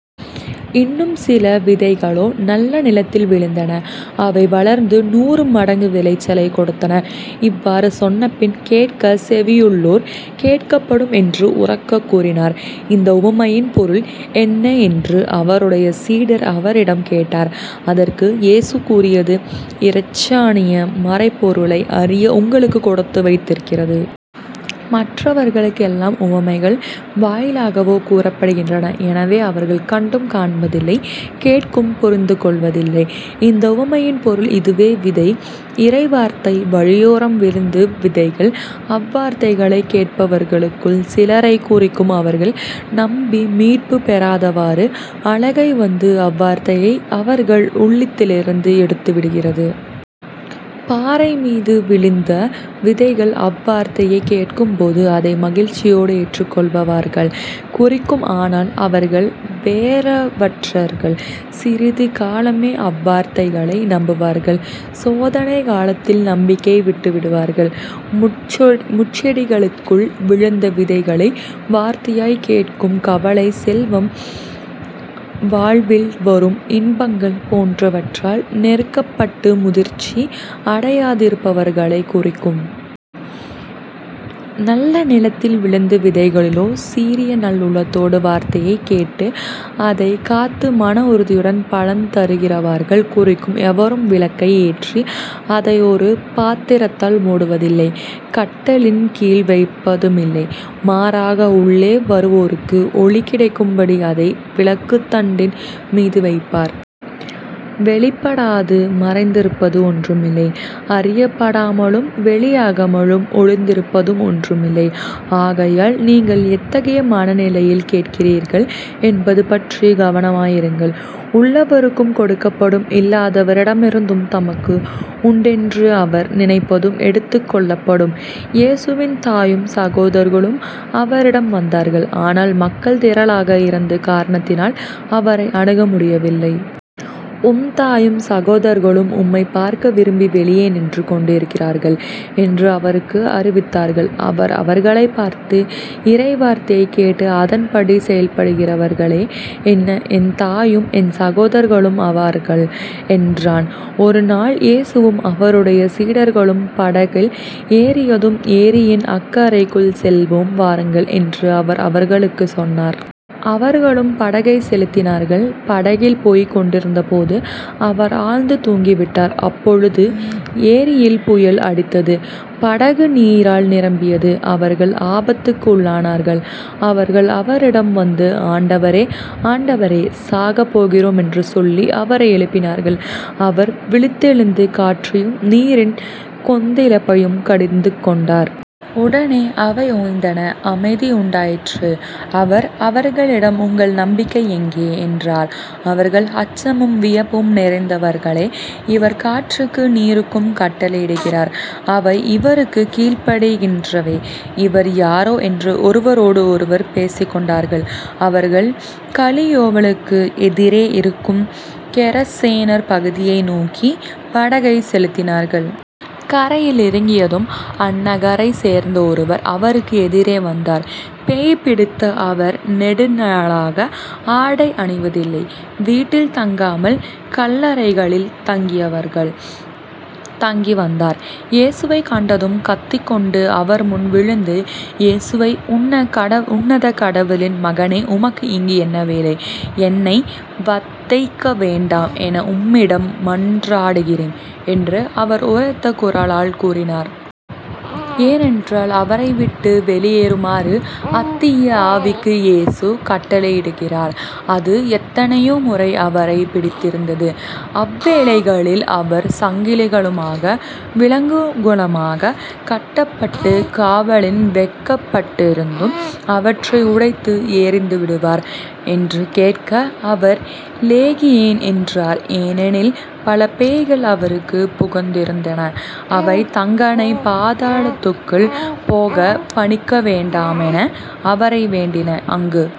இன்னும் சில விதைகளோ நல்ல நிலத்தில் விழுந்தன. அவை வளர்ந்து நூறு மடங்கு விளைச்சலைக் கொடுத்தன. இவ்வாறு சொன்னபின் கேட்கச் செவியுள்ளோர் கேட்கப்படும் என்று உரக்கக் கூறினார். இந்த உவமையின் பொருள் என்ன என்று அவருடைய சீடர் அவரிடம் கேட்டார். அதற்கு இயேசு கூறியது இறைட்சாயின் மறைபொருளை அறிய உங்களுக்குக் கொடுத்து வைத்திருக்கிறது. மற்றவர்களுக்கு எல்லாம் உவமைகள் வாயிலாகவோ கூறப்படுகின்றன. எனவே அவர்கள் கண்டும் காண்பதில்லை கேட்டும் புரிந்துகொள்வதில்லை. இந்த உவமையின் பொருள் இதுவே விதை இறைவார்த்தை. வழியோரம் விழுந்து விதைகள் அவ்வார்த்தைகளைக் கேட்பவர்களுக்குள் சிலரைக் குறிக்கும். அவர்கள் நம்பி மீட்புப் பெறாதவாறு அலகை வந்து அவ்வார்த்தையை அவர்கள் உள்ளத்திலிருந்து எடுத்துவிடுகிறது. பாறைமீது விழுந்த விதைகள் அவ்வார்த்தையைக் கேட்கும்போது அதை மகிழ்ச்சியோடு ஏற்றுக்கொள்பாவர்கள் குறிக்கும். ஆனால் அவர்கள் வேரவற்றவர்கள் சிறிது காலமே அவ்வார்த்தைகளை நம்புவார்கள் சோதனைக் காலத்தில் நம்பிக்கையை விட்டுவிடுவார்கள். முட்செடிகளுக்குள் விழுந்த விதைகளை வார்த்தையாய் கேட்கும் கவலை செல்வம் வாழ்வில் வரும் இன்பங்கள் போன்றவற்றால் நெருக்கப்பட்டு முதிர்ச்சி அடையாதிருப்பவர்களைக் குறிக்கும். நல்ல நிலத்தில் விழுந்த விதைகளோ சீரிய நல் உள்ளத்தோடு வார்த்தையைக் கேட்டு அதைக் காத்து மன உறுதியுடன் பலன் தருகிறவார்கள் குறிக்கும். எவரும் விளக்கை ஏற்றி அதை ஒரு பாத்திரத்தால் மூடுவதில்லை கட்டிலின் கீழ் வைப்பதுமில்லை. மாறாக உள்ளே வருவோருக்கு ஒளி கிடைக்கும்படி அதை விளக்குத்தண்டின் மீது வைப்பர். வெளிப்படாது மறைந்திருப்பது ஒன்றுமில்லை. அறியப்படாமலும் வெளியாகாமலும் ஒளிந்திருப்பதும் ஒன்றுமில்லை. ஆகையால் நீங்கள் எத்தகைய மனநிலையில் கேட்கிறீர்கள் என்பது பற்றிக் கவனமாயிருங்கள். உள்ளவருக்குக் கொடுக்கப்படும் இல்லாதவரிடமிருந்து தமக்கு உண்டென்று அவர் நினைப்பதும் எடுத்துக்கொள்ளப்படும். இயேசுவின் தாயும் சகோதர்களும் அவரிடம் வந்தார்கள். ஆனால் மக்கள் திரளாக இருந்த காரணத்தால் அவரை அணுகமுடியவில்லை. உம்தாயும், சகோதர்களும் உம்மைப் பார்க்க விரும்பி வெளியே நின்று கொண்டிருக்கிறார்கள் என்று அவருக்கு அறிவித்தார்கள். அவர் அவர்களைப் பார்த்து இறைவார்த்தையைக் கேட்டு அதன்படி செயல்படுகிறவர்களே என் தாயும் என் சகோதர்களும் ஆவார்கள்" என்றான். ஒரு நாள் இயேசுவும் அவருடைய சீடர்களும் படகில் ஏறியதும் ஏரியின் அக்கரைக்குள் செல்வோம் வாருங்கள் என்று அவர் அவர்களுக்குச் சொன்னார். அவர்களும் படகைச் செலுத்தினார்கள். படகில் போய்க் கொண்டிருந்தபோது அவர் ஆழ்ந்து தூங்கிவிட்டார். அப்பொழுது ஏரியில் புயல் அடித்தது. படகு நீரால் நிரம்பியது. அவர்கள் ஆபத்துக்கு உள்ளானார்கள். அவர்கள் அவரிடம் வந்து ஆண்டவரே ஆண்டவரே சாகப் போகிறோம் என்று சொல்லி அவரை எழுப்பினார்கள். அவர் விழித்தெழுந்து காற்றையும் நீரின் கொந்தளிப்பையும் கடிந்துகொண்டார். உடனே அவை ஓய்ந்தன அமைதி உண்டாயிற்று. அவர் அவர்களிடம் உங்கள் நம்பிக்கை எங்கே? என்றார். அவர்கள் அச்சமும் வியப்பும் நிறைந்தவர்களே இவர் காற்றுக்கு நீருக்கும் கட்டளையிடுகிறார். அவை இவருக்குக் கீழ்ப்படிகின்றவை. இவர் யாரோ? என்று ஒருவரோடு ஒருவர் பேசிக்கொண்டார்கள். அவர்கள் கலியோவளுக்கு எதிரே இருக்கும் கெரசேனர் பகுதியை நோக்கிப் படகைச் செலுத்தினார்கள். கரையில் இறங்கியதும் அந்நகரைச் சேர்ந்த ஒருவர் அவருக்கு எதிரே வந்தார். பேய் பிடித்த அவர் நெடுநாளாக ஆடை அணிவதில்லை வீட்டில் தங்காமல் கல்லறைகளில் தங்கிவந்தார். இயேசுவைக் கண்டதும் கத்திக்கொண்டு அவர்முன் விழுந்து இயேசுவே உன்னத கடவுளின் மகனே உமக்கு இங்கு என்ன வேலை? என்னை வதைக்க வேண்டாம் என உம்மிடம் மன்றாடுகிறேன் என்று அவர் உரத்த குரலால் கூறினார். ஏனென்றால், அவரைவிட்டு வெளியேறுமாறு அத்தீய ஆவிக்கு இயேசு கட்டளையிடுகிறார். அது எத்தனையோ முறை அவரைப் பிடித்திருந்தது. அவ்வேளைகளில் அவர் சங்கிலிகளாமகா விலங்குகளாலும் கட்டப்பட்டுக் காவலில் வைக்கப்பட்டிருந்தும் அவற்றை உடைத்து எறிந்துவிடுவார். என்று கேட்க அவர் லேகியேன் என்றார். ஏனெனில் பல பேய்கள் அவருக்கு புகுந்திருந்தன. அவை தங்கனைப் பாதாளத்துக்குள் போகப் பணிக்கவேண்டாமென அவரை வேண்டின. அங்கு